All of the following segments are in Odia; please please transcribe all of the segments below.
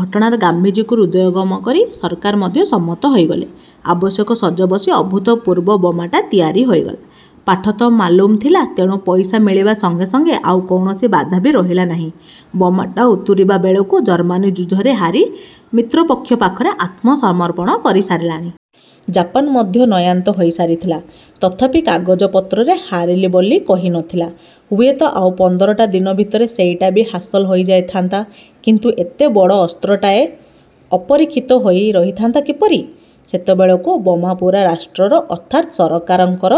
ଘଟଣାର ଗାମ୍ଭୀର୍ଯ୍ୟକୁ ହୃଦୟଙ୍ଗମ କରି ସରକାର ମଧ୍ୟ ସମ୍ମତ ହୋଇଗଲେ। ଆବଶ୍ୟକ ସଜ ବସି ଅଭୂତପୂର୍ବ ବୋମାଟା ତିଆରି ହୋଇଗଲା। ପାଠ ତ ମାଲୁମ ଥିଲା, ତେଣୁ ପଇସା ମିଳିବା ସଂଗେ ସଂଗେ ଆଉ କୌଣସି ବାଧା ବି ରହିଲା ନାହିଁ। ବୋମାଟା ଉତୁରିବା ବେଳକୁ ଜର୍ମାନୀ ଯୁଦ୍ଧରେ ହାରି ମିତ୍ରପକ୍ଷ ପାଖରେ ଆତ୍ମସମର୍ପଣ କରିସାରିଲାଣି। ଜାପାନ ମଧ୍ୟ ନୟାନ୍ତ ହୋଇ ସାରିଥିଲା, ତଥାପି କାଗଜପତ୍ରରେ ହାରିଲି ବୋଲି କହିନଥିଲା। ହୁଏତ ଆଉ ପନ୍ଦରଟା ଦିନ ଭିତରେ ସେଇଟା ବି ହାସଲ ହୋଇଯାଇଥାନ୍ତା କିନ୍ତୁ ଏଡ଼େ ବଡ଼ ଅସ୍ତ୍ରଟାଏ ଅପରୀକ୍ଷିତ ହୋଇ ରହିଥାନ୍ତା କିପରି? ସେତେବେଳକୁ ବୋମା ପୂରା ରାଷ୍ଟ୍ରର ଅର୍ଥାତ୍ର ସରକାରଙ୍କର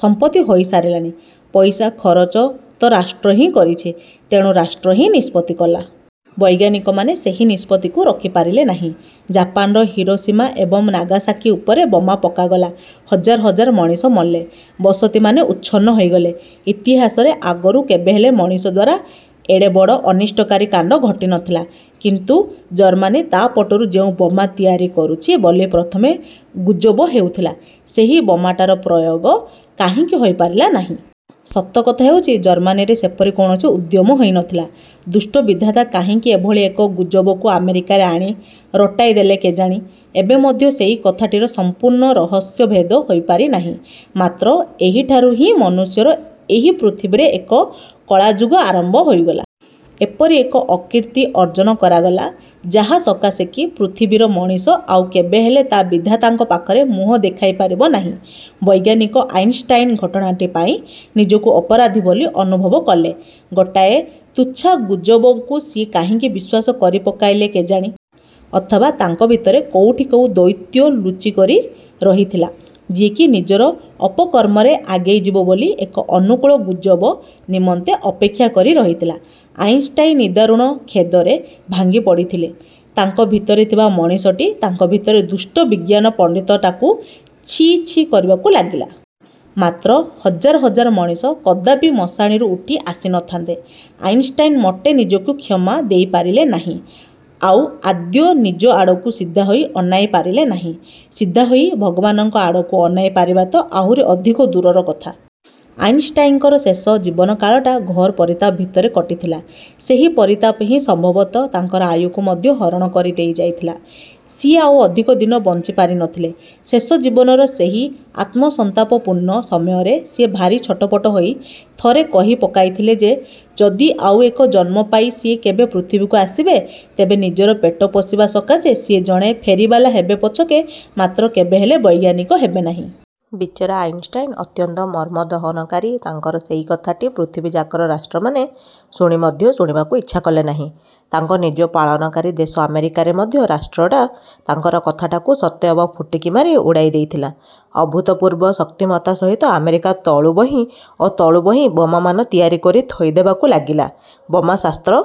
ସମ୍ପତ୍ତି ହୋଇ ସାରିଲାଣି, ପଇସା ଖରଚ ତ ରାଷ୍ଟ୍ର ହିଁ କରିଛି, ତେଣୁ ରାଷ୍ଟ୍ର ହିଁ ନିଷ୍ପତ୍ତି କଲା। ବୈଜ୍ଞାନିକମାନେ ସେହି ନିଷ୍ପତ୍ତିକୁ ରୋକିପାରିଲେ ନାହିଁ। ଜାପାନର ହିରୋସୀମା ଏବଂ ନାଗାସାକୀ ଉପରେ ବୋମା ପକାଗଲା। ହଜାର ହଜାର ମଣିଷ ମଲେ, ବସତିମାନେ ଉଚ୍ଛନ୍ନ ହୋଇଗଲେ। ଇତିହାସରେ ଆଗରୁ କେବେହେଲେ ମଣିଷ ଦ୍ଵାରା ଏଡ଼େ ବଡ଼ ଅନିଷ୍ଟକାରୀ କାଣ୍ଡ ଘଟିନଥିଲା। କିନ୍ତୁ ଜର୍ମାନୀ ତା ପଟରୁ ଯେଉଁ ବୋମା ତିଆରି କରୁଛି ବୋଲି ପ୍ରଥମେ ଗୁଜବ ହେଉଥିଲା, ସେହି ବୋମାଟାର ପ୍ରୟୋଗ କାହିଁକି ହୋଇପାରିଲା ନାହିଁ? ସତକଥା ହେଉଛି, ଜର୍ମାନୀରେ ସେପରି କୌଣସି ଉଦ୍ୟମ ହୋଇନଥିଲା। ଦୁଷ୍ଟ ବିଧାତା କାହିଁକି ଏଭଳି ଏକ ଗୁଜବକୁ ଆମେରିକାରେ ଆଣି ରଟାଇଦେଲେ କେଜାଣି? ଏବେ ମଧ୍ୟ ସେହି କଥାଟିର ସମ୍ପୂର୍ଣ୍ଣ ରହସ୍ୟଭେଦ ହୋଇପାରି ନାହିଁ। ମାତ୍ର ଏହିଠାରୁ ହିଁ ମନୁଷ୍ୟର ଏହି ପୃଥିବୀରେ ଏକ କଳାଯୁଗ ଆରମ୍ଭ ହୋଇଗଲା। ଏପରି ଏକ ଅକୀର୍ତ୍ତି ଅର୍ଜନ କରାଗଲା, ଯାହାସକାଶେ କି ପୃଥିବୀର ମଣିଷ ଆଉ କେବେହେଲେ ତା ବିଧାତାଙ୍କ ପାଖରେ ମୁହଁ ଦେଖାଇ ପାରିବ ନାହିଁ। ବୈଜ୍ଞାନିକ ଆଇନଷ୍ଟାଇନ ଘଟଣାଟି ପାଇଁ ନିଜକୁ ଅପରାଧୀ ବୋଲି ଅନୁଭବ କଲେ। ଗୋଟାଏ ତୁଚ୍ଛା ଗୁଜବକୁ ସିଏ କାହିଁକି ବିଶ୍ୱାସ କରିପକାଇଲେ କେଜାଣି? ଅଥବା ତାଙ୍କ ଭିତରେ କୋଉଠି କୋଉ ଦୈତ୍ୟ ଲୁଚିକରି ରହିଥିଲା, ଯିଏକି ନିଜର ଅପକର୍ମରେ ଆଗେଇଯିବ ବୋଲି ଏକ ଅନୁକୂଳ ଗୁଜବ ନିମନ୍ତେ ଅପେକ୍ଷା କରି ରହିଥିଲା। ଆଇନଷ୍ଟାଇନ ନିଦାରୁଣ ଖେଦରେ ଭାଙ୍ଗି ପଡ଼ିଥିଲେ। ତାଙ୍କ ଭିତରେ ଥିବା ମଣିଷଟି ତାଙ୍କ ଭିତରେ ଦୁଷ୍ଟ ବିଜ୍ଞାନ ପଣ୍ଡିତଟାକୁ ଛି ଛି କରିବାକୁ ଲାଗିଲା। ମାତ୍ର, ହଜାର ହଜାର ମଣିଷ କଦାପି ମଶାଣିରୁ ଉଠି ଆସିନଥାନ୍ତେ। ଆଇନଷ୍ଟାଇନ ମୋଟେ ନିଜକୁ କ୍ଷମା ଦେଇପାରିଲେ ନାହିଁ । ଆଉ ଆଦୌ ନିଜ ଆଡ଼କୁ ସିଧାହୋଇ ଅନାଇ ପାରିଲେ ନାହିଁ। ସିଧାହୋଇ ଭଗବାନଙ୍କ ଆଡ଼କୁ ଅନାଇ ପାରିବା ତ ଆହୁରି ଅଧିକ ଦୂରର କଥା। ଆଇନଷ୍ଟାଇନଙ୍କର ଶେଷ ଜୀବନକାଳଟା ଘୋର ପରିତାପ ଭିତରେ କଟିଥିଲା। ସେହି ପରିତାପ ହିଁ ସମ୍ଭବତଃ ତାଙ୍କର ଆୟୁକୁ ମଧ୍ୟ ହରଣ କରି ନେଇ ଯାଇଥିଲା। ସିଏ ଆଉ ଅଧିକ ଦିନ ବଞ୍ଚି ପାରିନଥିଲେ। ଶେଷ ଜୀବନର ସେହି ଆତ୍ମସନ୍ତାପପୂର୍ଣ୍ଣ ସମୟରେ ସିଏ ଭାରି ଛଟପଟ ହୋଇ ଥରେ କହି ପକାଇଥିଲେ ଯେ ଯଦି ଆଉ ଏକ ଜନ୍ମ ପାଇ ସିଏ କେବେ ପୃଥିବୀକୁ ଆସିବେ, ତେବେ ନିଜର ପେଟ ପୋଷିବା ସକାଶେ ସିଏ ଜଣେ ଫେରିବାଲା ହେବେ ପଛକେ, ମାତ୍ର କେବେହେଲେ ବୈଜ୍ଞାନିକ ହେବେନାହିଁ। ବିଚରା ଆଇନଷ୍ଟାଇନ ଅତ୍ୟନ୍ତ ମର୍ମଦହନକାରୀ ତାଙ୍କର ସେହି କଥାଟି ପୃଥିବୀଯାକର ରାଷ୍ଟ୍ରମାନେ ଶୁଣି ମଧ୍ୟ ଶୁଣିବାକୁ ଇଚ୍ଛା କଲେନାହିଁ। ତାଙ୍କ ନିଜ ପାଳନକାରୀ ଦେଶ ଆମେରିକାରେ ମଧ୍ୟ ରାଷ୍ଟ୍ରଟା ତାଙ୍କର କଥାଟାକୁ ସତେ ଅବା ଫୁଟକି ମାରି ଉଡ଼ାଇ ଦେଇଥିଲା। ଅଭୂତପୂର୍ବ ଶକ୍ତିମତ୍ତା ସହିତ ଆମେରିକା ତହୁଁବଳି ଓ ତହୁଁବଳି ବୋମାମାନ ତିଆରି କରି ଥୋଇଦେବାକୁ ଲାଗିଲା। ବୋମା ଶାସ୍ତ୍ର